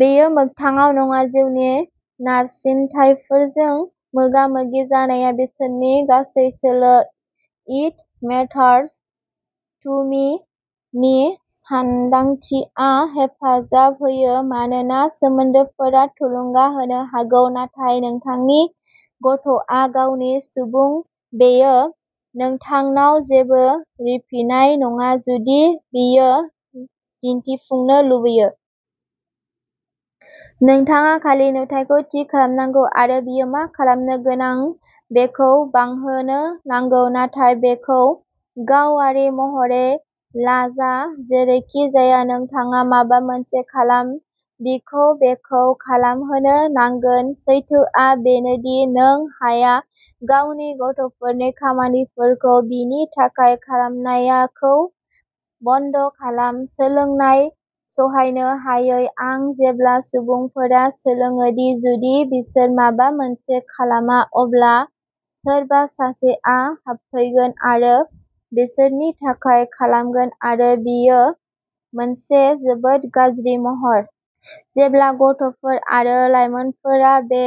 बेयो मोगथाङाव नङा, जिउनि नारसिनथायफोरजों मोगा-मोगि जानाया बिसोरनि गासै सोलो। "इट मेटार्स टु मि" नि सानदांथिया हेफाजाब होयो मानोना सोमोन्दोफोरा थुलुंगा होनो हागौ, नाथाय नोंथांनि गथ'आ गावनि सुबुं। बेयो नोंथांनाव जेबो रिफिनाय नङा जुदि बियो दिन्थिफुंनो लुबैया। नोंथाङा खालि नुथायखौ थि खालामनांगौ आरो बियो मा खालामनो गोनां बेखौ बांहोनो नांगौ। नाथाय बेखौ गावारि महरै लाजा, जेरैखिजाया नोंथाङा माबा मोनसे खालाम। बिखौ बेखौ खालामहोनो नांगोन। सैथोआ बेनो दि, नों हाया। गावनि गथ'फोरनि खामानिफोरखौ बिनि थाखाय खालामनायखौ बन्द खालामः "सोलोंनाय सहायनो हायै" आ जेब्ला सुबुंफोरा सोलोङो दि जुदि बिसोर माबा मोनसे खालामा, अब्ला सोरबा सासेआ हाबफैगोन आरो बिसोरनि थाखाय खालामगोन-आरो बेयो मोनसे जोबोद गाज्रि महर। जेब्ला गथ'फोर आरो लायमोनफोरा बे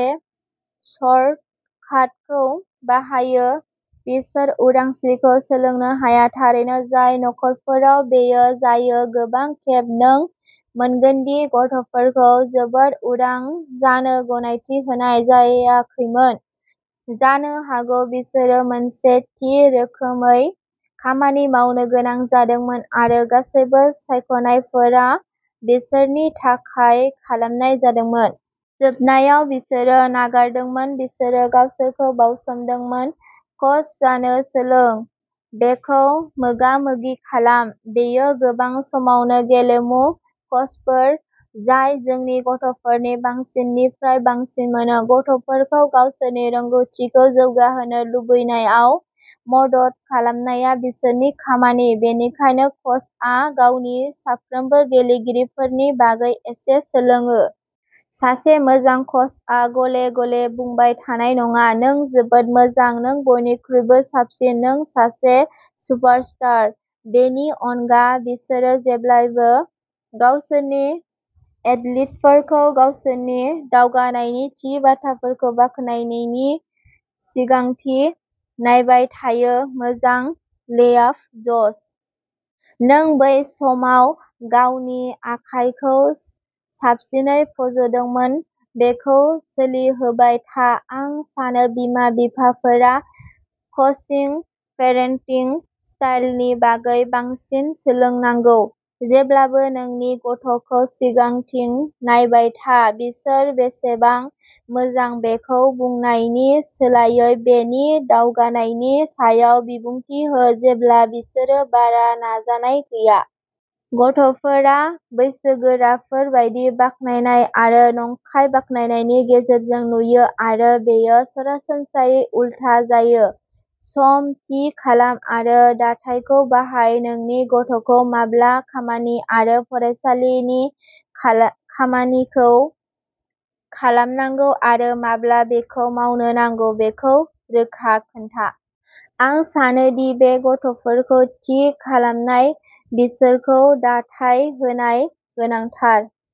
सर्टकाटखौ बाहायो, बिसोर उदांस्रिखौ सोलोंनो हाया। थारैनो, जाय नखरफोराव बेयो जायो, गोबां खेब नों मोनगोन दि गथ'फोरखौ जोबोद उदां जानो गनायथि होनाय जायाखैमोन। जानो हागौ बिसोरो मोनसे थि रोखोमै खामानि मावनो गोनां जादोंमोन आरो गासैबो सायख'नायफोरा बिसोरनि थाखाय खालामनाय जादोंमोन। जोबनायाव, बिसोरो नागारदोंमोन; बिसोरो गावखौ बावसोमदोंमोन। कच जानो सोलोंः बेखौ मोगामोगि खालामः बेयो गोबां समावनो गेलेमु कचफोर जाय जोंनि गथ'फोरनि बांसिननिफ्राय बांसिन मोनो। गथ'फोरखौ गावसोरनि रोंग'थिखौ जौगाहोनो लुबैनायाव मदद खालामनाया बिसोरनि खामानि। बेनिखायनो कचआ गावनि साफ्रोम गेलेगिरिफोरनि बागै एसे सोलोङो। सासे मोजां कचआ गले-गले बुंबाय थानाय नङा,। "नों जोबोद मोजां, नों बयनिख्रुइबो साबसिन, नों सासे सुपारस्टार! " बेनि अनगा, बिसोरो जेब्लाबो गावसोरनि एथलीटफोरखौ गावसोरनि दावगानायनि थि बाथ्राफोरखौ बाख्नायनानै सिगांथिं नायबाय थायोः "मोजां लेआप, जश। नों बै समाव गावनि आखाइखौ साबसिनै फज'दोंमोन। बेखौ सोलिहोबाय था। " आं सानो बिमा-बिफाफोरा क'चिं पेरेन्टिं स्टाइलनि बागै बांसिन सोलोंनांगौ। जेब्लाबो नोंनि गथ'खौ सिगांथिं नायबाय था। बिसोर बेसेबां मोजां बेखौ बुंनायनि सोलायै बिनि दावगानायनि सायाव बिबुंथि हो, जेब्ला बिसोरो बारा नाजानाय गैया। गथ'फोरा बैसोगोराफोर बायदि बाख्नायनाय आरो नंखाय बाख्नायनायनि गेजेरजों नुयो-आरो बेयो सरासनस्रायै उलथा जायो। सम थि खालाम आरो दाथायखौ बाहायः नोंनि गथ'खौ माब्ला खामानि आरो फरायसालिनि खामानिखौ खालामनांगौ आरो माब्ला बेखौ मावनो नांगौ बेखौ रोखा खोन्था। आं सानो दि बे गथ'फोरखौ थि खालमनाय, बिसोरखौ दाथाय होनाय गोनांथार।